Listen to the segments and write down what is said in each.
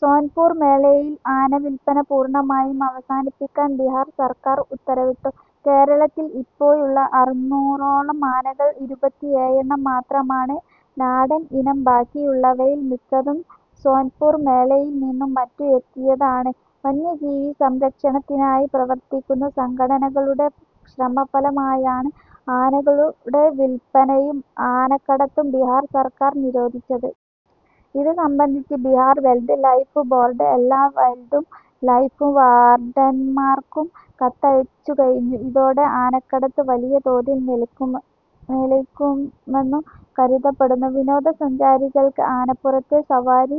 സോൻപുർ മേളയിൽ ആനവില്പന പൂർണ്ണമായും അവസാനിപ്പിക്കാൻ ബിഹാർ സർക്കാർ ഉത്തരവിട്ടു. കേരളത്തിൽ ഇപ്പോയുള്ള അറുന്നൂറോളം ആനകൾ ഇരുപത്തിഏയെണ്ണം മാത്രമാണ് നാടൻ ഇനം. ബാക്കിയുള്ളവയിൽ മിക്കതും സോൻപുർ മേളയിൽനിന്നും മറ്റും എത്തിയതാണ്. വന്യജീവി സംരക്ഷണത്തിനായി പ്രവർത്തിക്കുന്ന സംഘടനകളുടെ ശ്രമഫലമായാണ് ആനകളുടെ വില്പനയും ആനക്കടത്തും ബിഹാർ സർക്കാർ നിരോധിച്ചത്. ഇതു സംബന്ധിച്ച് ബിഹാർ വെൽഡ് ലൈഫ് ബോർഡ് എല്ലാ വെൽഡും ലൈഫ് വാർഡൻമാർക്കും കത്തയച്ചുകഴിഞ്ഞു. ഇതോടെ ആനക്കടത്ത് വലിയതോതിൽ നിലയ്ക്കു നിലയ്ക്കുമെന്നു കരുതപ്പെടുന്നു. വിനോദസഞ്ചാരികൾക്ക് ആനപ്പുറത്തെ സവാരി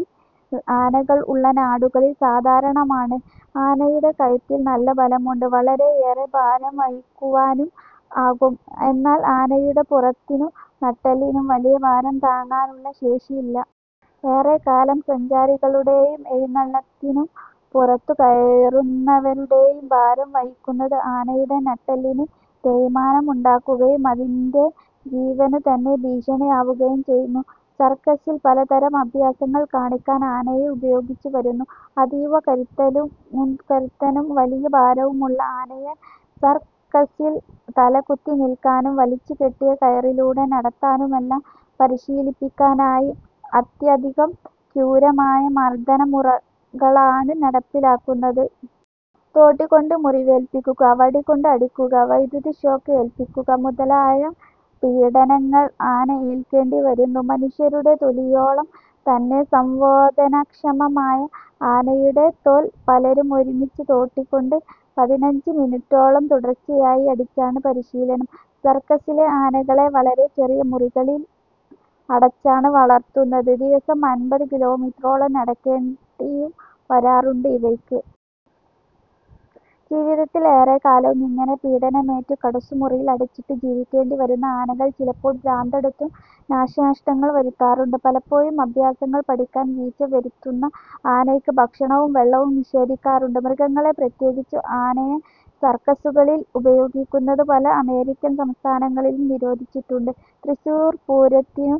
ആനകൾ ഉള്ള നാടുകളിൽ സാധാരണമാണ്. ആനയുടെ കഴുത്തിനു നല്ല ബലമുണ്ട്, വളരെയേറെ ഭാരം വഹിക്കുവാനും ആകും, എന്നാൽ ആനയുടെ പുറത്തിനു നട്ടെല്ലിനും വലിയ ഭാരം താങ്ങാനുള്ള ശേഷിയില്ല. ഏറെക്കാലം സഞ്ചാരികളുടെയും എഴുന്നള്ളത്തിനു പുറത്തുകയറുന്നവരുടെയും ഭാരം വഹിക്കുന്നത് ആനയുടെ നട്ടെല്ലിന് തേയ്മാനം ഉണ്ടാക്കുകയും അതിൻ്റെ ജീവനുതന്നെ ഭീഷണി ആവുകയും ചെയ്യുന്നു. സർക്കസ്സിൽ പലതരം അഭ്യാസങ്ങൾ കാണിക്കാൻ ആനയെ ഉപയോഗിച്ചുവരുന്നു. അതീവ കരുത്തനും കരുത്തനും വലിയ ഭാരവുമുള്ള ആനയെ സർക്കസ്സിൽ തലകുത്തിനിൽക്കാനും വലിച്ചുകെട്ടിയ കയറിലൂടെ നടത്താനുമെല്ലാം പരിശീലിപ്പിക്കാനായി അത്യധികം ക്രൂരമായ മർദ്ദനമുറകളാണ് നടപ്പിലാക്കുന്നത്. തോട്ടി കൊണ്ട് മുറിവേൽപ്പിക്കുക, വടികൊണ്ട് അടിക്കുക, വൈദ്യുത ഷോക്ക് ഏൽപ്പിക്കുക മുതലായ പീഡനങ്ങൾ ആന ഏൽക്കേണ്ടിവരുന്നു. മനുഷ്യരുടെ തൊലിയോളം തന്നെ സംവേദനക്ഷമമായ ആനയുടെ തോൽ പലരും ഒരുമിച്ച് തോട്ടികൊണ്ട് പതിനഞ്ച് മിനുട്ടോളം തുടർച്ചയായി അടിച്ചാണ് പരിശീലനം. സർക്കസ്സിലെ ആനകളെ വളരെ ചെറിയ മുറികളിൽ അടച്ചാണ് വളർത്തുന്നത്, ദിവസം അൻപത് കിലോമീറ്ററോളം നടക്കേണ്ടിയും വരാറുണ്ട് ഇവയ്ക്ക്. ജീവിത്തിൽ ഏറെക്കാലവും ഇങ്ങനെ പീഡനമേറ്റും കുടുസ്സുമുറികളിൽ അടച്ചിട്ടും ജീവിക്കേണ്ടിവരുന്ന ആനകൾ ചിലപ്പോൾ ഭ്രാന്തെടുത്ത് നാശനഷ്ടങ്ങൾ വരുത്താറുണ്ട്. പലപ്പോഴും അഭ്യാസങ്ങൾ പഠിക്കാൻ വീഴ്ചവരുത്തുന്ന ആനയ്ക്ക് ഭക്ഷണവും വെള്ളവും നിഷേധിക്കാറുണ്ട്. മൃഗങ്ങളെ, പ്രത്യേകിച്ച് ആനയെ സർക്കസ്സുകളിൽ ഉപയോഗിക്കുന്നത് പല അമേരിക്കൻ സംസ്ഥാനങ്ങളിലും നിരോധിച്ചിട്ടുണ്ട്. തൃശൂർ പൂരത്തിന്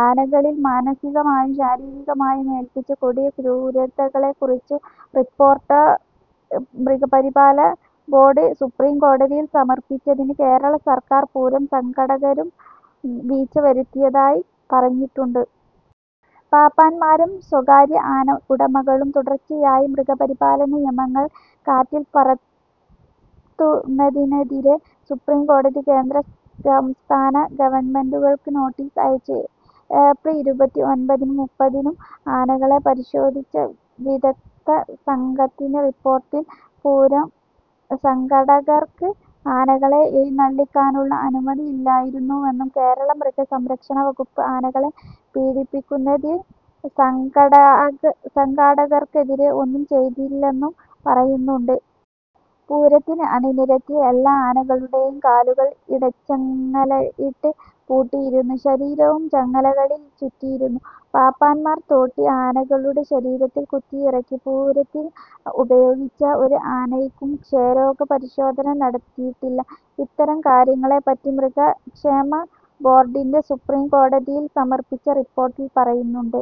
ആനകളിൽ മാനസികമായും ശാരീരികമായും ഏൽപ്പിച്ച കൊടിയ ക്രൂരതകളെക്കുറിച്ച് റിപ്പോർട്ട് മൃഗപരിപാല ബോഡ് സുപ്രീം കോടതിയിൽ സമർപ്പിച്ചതിന് കേരളസർക്കാർ പൂരം സംഘാടകരും വീഴ്ച്ചവരുത്തിയതായി പറഞ്ഞിട്ടുണ്ട്. പാപ്പാന്മാരും സ്വകാര്യ ആന ഉടമകളും തുടർച്ചയായി മൃഗപരിപാലനനിയമങ്ങൾ കാറ്റിൽപ്പറത്തുന്നതിനെതിരെ സുപ്രീം കോടതി കേന്ദ്ര സംസ്ഥാന ഗവൺമെൻ്റുകൾക്ക് നോട്ടീസ് അയച്ചു. ഏപ്രിൽ ഇരുപത്തിഒൻപതിനും മുപ്പതിനും ആനകളെ പരിശോധിച്ച വിദഗ്ദ്ധസംഘത്തിൻ്റെ റിപ്പോർട്ടിൽ പൂരം സംഘാടകർക്ക് ആനകളെ എഴുന്നള്ളിക്കാനുള്ള അനുമതി ഇല്ലായിരുന്നുവെന്നും കേരള മൃഗസംരക്ഷണവകുപ്പ് ആനകളെ പീഡിപ്പിക്കുന്നതിൽ സംഘാടക സംഘാടകർക്കെതിരെ ഒന്നും ചെയ്തില്ലെന്നും പറയുന്നുണ്ട്. പൂരത്തിന് അണിനിരത്തിയ എല്ലാ ആനകളുടെയും കാലുകൾ ഇടച്ചങ്ങലയിട്ട് പൂട്ടിയിരുന്നു. ശരീരവും ചങ്ങലകളിൽ ചുറ്റിയിരുന്നു. പാപ്പാൻമാർ തോട്ടി ആനകളുടെ ശരീരത്തിൽ കുത്തിയിറക്കി. പൂരത്തിന് ഉപയോഗിച്ച ഒരു ആനയ്ക്കും ക്ഷയരോഗ പരിശോധന നടത്തിയിട്ടില്ല. ഇത്തരം കാര്യങ്ങളെപ്പറ്റി മൃഗക്ഷേമ ബോർഡിൻ്റെ സുപ്രീം കോടതിയിൽ സമർപ്പിച്ച റിപ്പോർട്ടിൽ പറയുന്നുണ്ട്.